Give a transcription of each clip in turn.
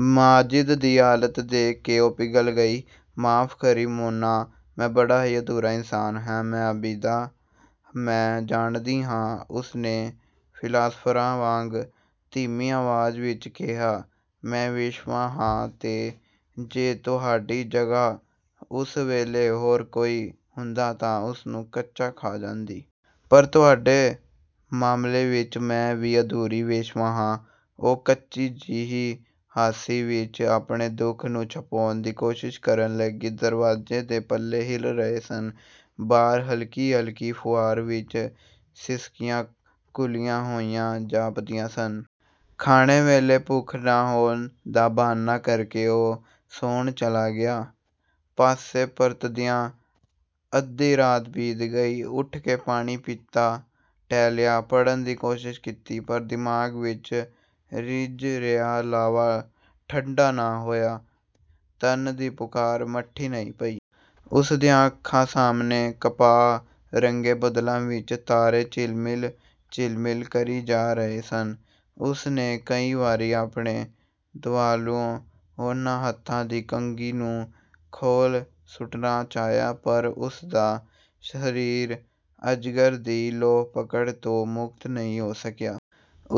ਮਾਜਿਦ ਦੀ ਹਾਲਤ ਦੇਖ ਕੇ ਉਹ ਪਿਘਲ ਗਈ। "ਮੁਆਫ਼ ਕਰੀਂ ਮੋਨਾ ਮੈਂ ਬੜਾ ਹੀ ਅਧੂਰਾ ਇਨਸਾਨ ਹਾਂ। ਮੈਂ ਆਬਿਦਾ" "ਮੈਂ ਜਾਣਦੀ ਹਾਂ।" ਉਸਨੇ ਫ਼ਿਲਾਸਫ਼ਰਾਂ ਵਾਂਗ ਧੀਮੀ ਆਵਾਜ਼ ਵਿੱਚ ਕਿਹਾ, "ਮੈਂ ਵੇਸ਼ਵਾ ਹਾਂ ਤੇ ਜੇ ਤੁਹਾਡੀ ਜਗ੍ਹਾ ਇਸ ਵੇਲੇ ਹੋਰ ਕੋਈ ਹੁੰਦਾ ਤਾਂ ਉਸਨੂੰ ਕੱਚਾ ਖਾ ਜਾਂਦੀ। ਪਰ ਤੁਹਾਡੇ ਮਾਮਲੇ ਵਿੱਚ ਮੈਂ ਵੀ ਅਧੂਰੀ ਵੇਸ਼ਵਾ ਹਾਂ।" ਉਹ ਕੱਚੀ ਜਿਹੀ ਹਾਸੀ ਵਿੱਚ ਆਪਣੇ ਦੁੱਖ ਨੂੰ ਛਿਪਾਉਣ ਦੀ ਕੋਸ਼ਿਸ਼ ਕਰਨ ਲੱਗੀ। ਦਰਵਾਜ਼ੇ ਦੇ ਪੱਲੇ ਹਿੱਲ ਰਹੇ ਸਨ, ਬਾਹਰ ਹਲਕੀ-ਹਲਕੀ ਫੁਆਰ ਵਿੱਚ ਸਿਸਕੀਆਂ ਘੁਲੀਆਂ ਹੋਈਆਂ ਜਾਪਦੀਆਂ ਸਨ। ਖਾਣੇ ਵੇਲੇ ਭੁੱਖ ਨਾ ਹੋਣ ਦਾ ਬਹਾਨਾ ਕਰਕੇ ਉਹ ਸੌਣ ਚਲਾ ਗਿਆ। ਪਾਸੇ ਪਰਤਦਿਆਂ ਅੱਧੀ ਰਾਤ ਬੀਤ ਗਈ। ਉੱਠ ਕੇ ਪਾਣੀ ਪੀਤਾ। ਟਹਿਲਿਆ, ਪੜ੍ਹਨ ਦੀ ਕੋਸ਼ਿਸ਼ ਕੀਤੀ ਪਰ ਦਿਮਾਗ਼ ਵਿੱਚ ਰਿੱਝ ਰਿਹਾ ਲਾਵਾ ਠੰਡਾ ਨਾ ਹੋਇਆ; ਤਨ ਦੀ ਪੁਕਾਰ ਮੱਠੀ ਨਹੀਂ ਪਈ। ਉਸਦੀਆਂ ਅੱਖਾਂ ਸਾਹਮਣੇ ਕਪਾਹ ਰੰਗੇ ਬੱਦਲਾਂ ਵਿੱਚ ਤਾਰੇ ਝਿਲਮਿਲ-ਝਿਲਮਿਲ ਕਰੀ ਜਾ ਰਹੇ ਸਨ। ਉਸਨੇ ਕਈ ਵਾਰੀ ਆਪਣੇ ਦੁਆਲਿਓਂ ਉਹਨਾਂ ਹੱਥਾਂ ਦੀ ਕੰਘੀ ਨੂੰ ਖੋਹਲ ਸੁੱਟਣਾ ਚਾਹਿਆ, ਪਰ ਉਸਦਾ ਸਰੀਰ ਅਜਗਰ ਦੀ ਲੋਹ-ਪਕੜ ਤੋਂ ਮੁਕਤ ਨਹੀਂ ਹੋ ਸਕਿਆ।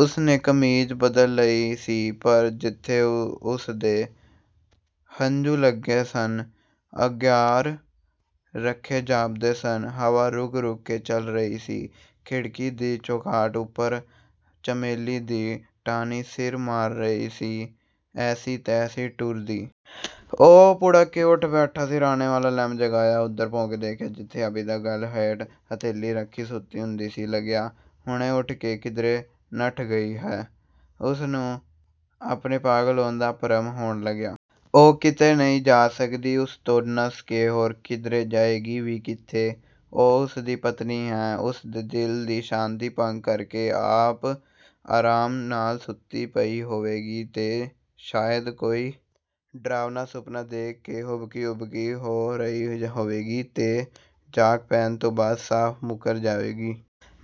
ਉਸਨੇ ਕਮੀਜ਼ ਬਦਲ ਲਈ ਸੀ ਪਰ ਜਿੱਥੇ ਉਸਦੇ ਹੰਝੂ ਲੱਗੇ ਸਨ, ਅੰਗਿਆਰ ਰੱਖੇ ਜਾਪਦੇ ਸਨ। ਹਵਾ ਰੁਕ-ਰੁਕ ਕੇ ਚੱਲ ਰਹੀ ਸੀ, ਖਿੜਕੀ ਦੀ ਚੁਗਾਠ ਉੱਪਰ ਚਮੇਲੀ ਦੀ ਟਾਹਨੀ ਸਿਰ ਮਾਰ ਰਹੀ ਸੀ। "ਐਸੀ-ਤੈਸੀ ਟੂਰ ਦੀ!" ਉਹ ਭੁੜਕ ਕੇ ਉੱਠ ਬੈਠਾ। ਸਿਰਹਾਣੇ ਵਾਲਾ ਲੈਂਪ ਜਗਾਇਆ। ਉੱਧਰ ਭੌਂ ਕੇ ਦੇਖਿਆ, ਜਿੱਥੇ ਆਬਿਦਾ ਗੱਲ੍ਹ ਹੇਠ ਹਥੇਲੀ ਰੱਖੀ ਸੁੱਤੀ ਹੁੰਦੀ ਸੀ। ਲੱਗਿਆ, ਹੁਣੇ ਉੱਠ ਕੇ ਕਿਧਰੇ ਨੱਠ ਗਈ ਹੈ! ਉਸਨੂੰ ਆਪਣੇ ਪਾਗਲ ਹੋਣ ਦਾ ਭਰਮ ਹੋਣ ਲੱਗਿਆ। ਉਹ ਕਿਤੇ ਨਹੀਂ ਜਾ ਸਕਦੀ। ਉਸ ਤੋਂ ਨੱਸ ਕੇ ਹੋਰ ਕਿਧਰੇ ਜਾਏਗੀ ਵੀ ਕਿੱਥੇ? ਉਹ ਉਸਦੀ ਪਤਨੀ ਹੈ। ਉਸਦੇ ਦਿਲ ਦੀ ਸ਼ਾਂਤੀ ਭੰਗ ਕਰਕੇ ਆਪ ਆਰਾਮ ਨਾਲ ਸੁੱਤੀ ਪਈ ਹੋਵੇਗੀ, ਤੇ ਸ਼ਾਇਦ ਕੋਈ ਡਰਾਵਨਾ ਸੁਪਨਾ ਦੇਖ ਕੇ ਹੁਬਕੀਂ-ਹੁਬਕੀ ਰੋ ਰਹੀ ਹੋਵੇਗੀ, ਤੇ ਜਾਗ ਪੈਣ ਤੋਂ ਬਾਅਦ ਸਾਫ਼ ਮੁੱਕਰ ਜਾਏਗੀ।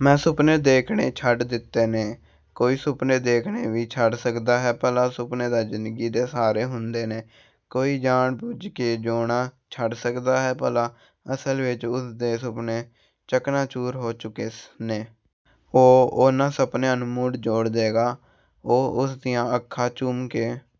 'ਮੈਂ ਸੁਪਨੇ ਦੇਖਣੇ ਛੱਡ ਦਿੱਤੇ ਨੇ।' ਕੋਈ ਸੁਪਨੇ ਦੇਖਣੇ ਵੀ ਛੱਡ ਸਕਦਾ ਹੈ ਭਲਾ? ਸੁਪਨੇ ਤਾਂ ਜ਼ਿੰਦਗੀ ਦੇ ਸਹਾਰੇ ਹੁੰਦੇ ਨੇ। ਕੋਈ ਜਾਣ-ਬੁੱਝ ਕੇ ਜਿਊਣਾ ਛੱਡ ਸਕਦਾ ਹੈ ਭਲਾ? ਅਸਲ ਵਿੱਚ ਉਸਦੇ ਸੁਪਨੇ ਚਕਨਾ-ਚੂਰ ਹੋ ਚੁੱਕੇ ਨੇ। ਉਹ ਉਹਨਾਂ ਸੁਪਨਿਆਂ ਨੂੰ ਮੁੜ ਜੋੜ ਦੇਗਾ। ਉਹ ਉਸਦੀਆਂ ਅੱਖਾਂ ਚੁੰਮ ਕੇ